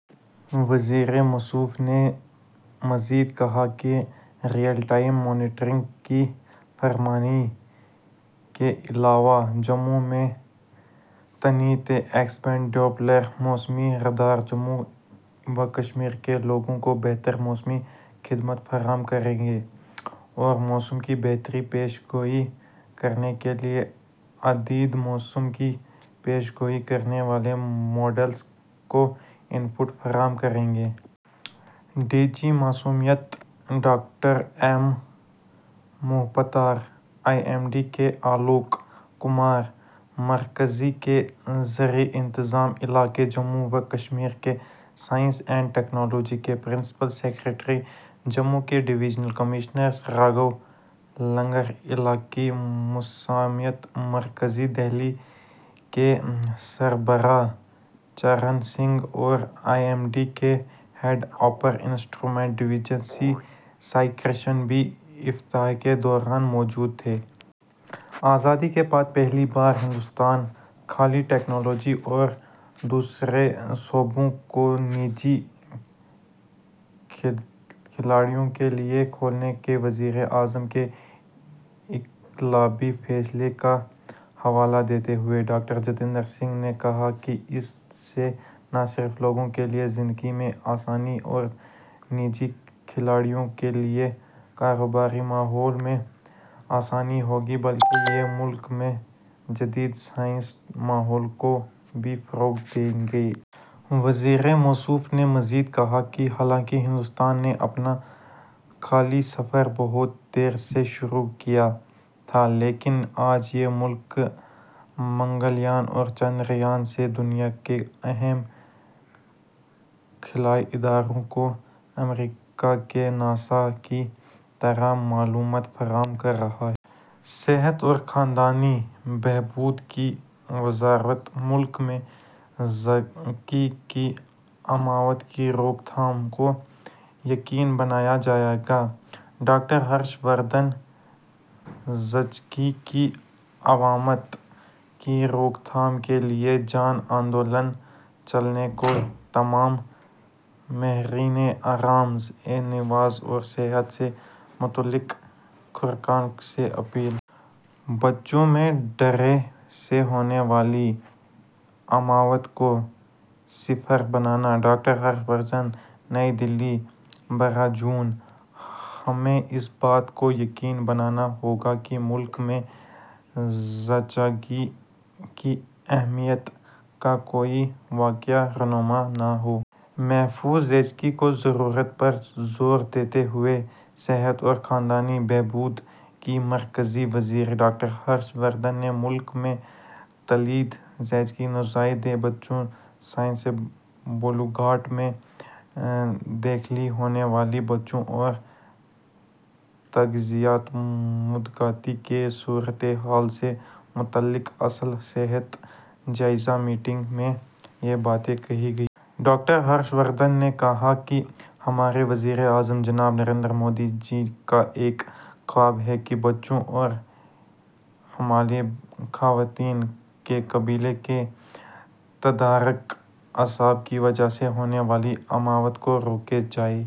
وزیر موصوف نے مزید کہا کہ ریئل ٹائم مانیٹرنگ کی فراہمی کے علاوہ، جموں میں تعینات ایکس بینڈ ڈوپلر موسمی ریڈار جموں و کشمیر کے لوگوں کو بہتر موسمی خدمات فراہم کرے گا اور موسم کی بہتر پیش گوئی کرنے کے لیے عددی موسم کی پیش گوئی کرنے والے ماڈلز کو اِن پٹ فراہم کرے گا۔ ڈی جی موسمیات doctor M Mohapatra, I M D کے آلوک کمار، مرکز کے زیر انتظام علاقے جموں و کشمیر کے سائنس اینڈ ٹیکنالوجی کے پرنسپل سکریٹری، جموں کے ڈویژنل کمشنر راگھو لنگر، علاقائی موسمیاتی مرکز، دہلی کے سربراہ چرن سنگھ اور آئی ایم ڈی کے ہیڈ اپر انسٹرومنٹ ڈویژن کے سی سائی کرشنن بھی افتتاح کے دوران موجود تھے۔ آزادی کے بعد پہلی بار ہندوستانی خلائی ٹیکنالوجی اور دیگر شعبوں کو نجی کھلاڑیوں کے لیے کھولنے کے وزیراعظم کے انقلابی فیصلے کا حوالہ دیتے ہوئے، ڈاکٹر جتیندر سنگھ نے کہا کہ اس سے نہ صرف لوگوں کے لیے زندگی میں آسانی اور نجی کھلاڑیوں کے لیے کاروباری ماحول میں آسانی ہوگی، بلکہ یہ ملک میں جدید سائنسی ماحول کو بھی فروغ دے گا۔ وزیر موصوف نے مزید کہا کہ حالانکہ ہندوستان نے اپنا خلائی سفر بہت دیر سے شروع کیا تھا، لیکن آج یہ ملک منگل یان اور چندریان سے دنیا کے اہم خلائی اداروں کو، امریکہ کے ناسا کی طرح، معلومات فراہم کر رہا ہے۔ صحت اور خاندانی بہبود کی وزارت ملک میں زچگی کی اموات کی روک تھام کو یقینی بنایا جائے گا: ڈاکٹر ہرش وردھن۔ زچگی کی اموات کی روک تھام کے لیے جن آندولن چلانے کو تمام ماہرینِ امراضِ نسواں اور صحت سے متعلق کارکنان سے اپیل۔ بچوں میں ڈائریا سے ہونے والی اموات کو صفر بنانا: ڈاکٹر ہرش وردھن۔ نئی دہلی، بارہ جون۔ ہمیں اس بات کو یقینی بنانا ہوگا کہ ملک میں زچگی کی اموات کا کوئی واقعہ رونما نہ ہو۔ محفوظ زچگی کی ضرورت پر زور دیتے ہوئے صحت اور خاندانی بہبود کے مرکزی وزیر ڈاکٹر ہرش وردھن نے ملک میں تولیدی، زچگی، نوزائیدہ بچوں، سنِ بلوغت میں داخل ہونے والے بچوں اور تغذیاتی مداخلت کی صورتحال سے متعلق اعلیٰ سطحی جائزہ میٹنگ میں یہ باتیں کہی ہیں۔ ڈاکٹر ہرش وردھن نے کہا کہ ہمارے وزیراعظم جناب نریندر مودی جی کا ایک خواب ہے کہ بچوں اور حاملہ خواتین کی قابلِ تدارک اسباب کی وجہ سے ہونے والی اموات کو روکا جائے۔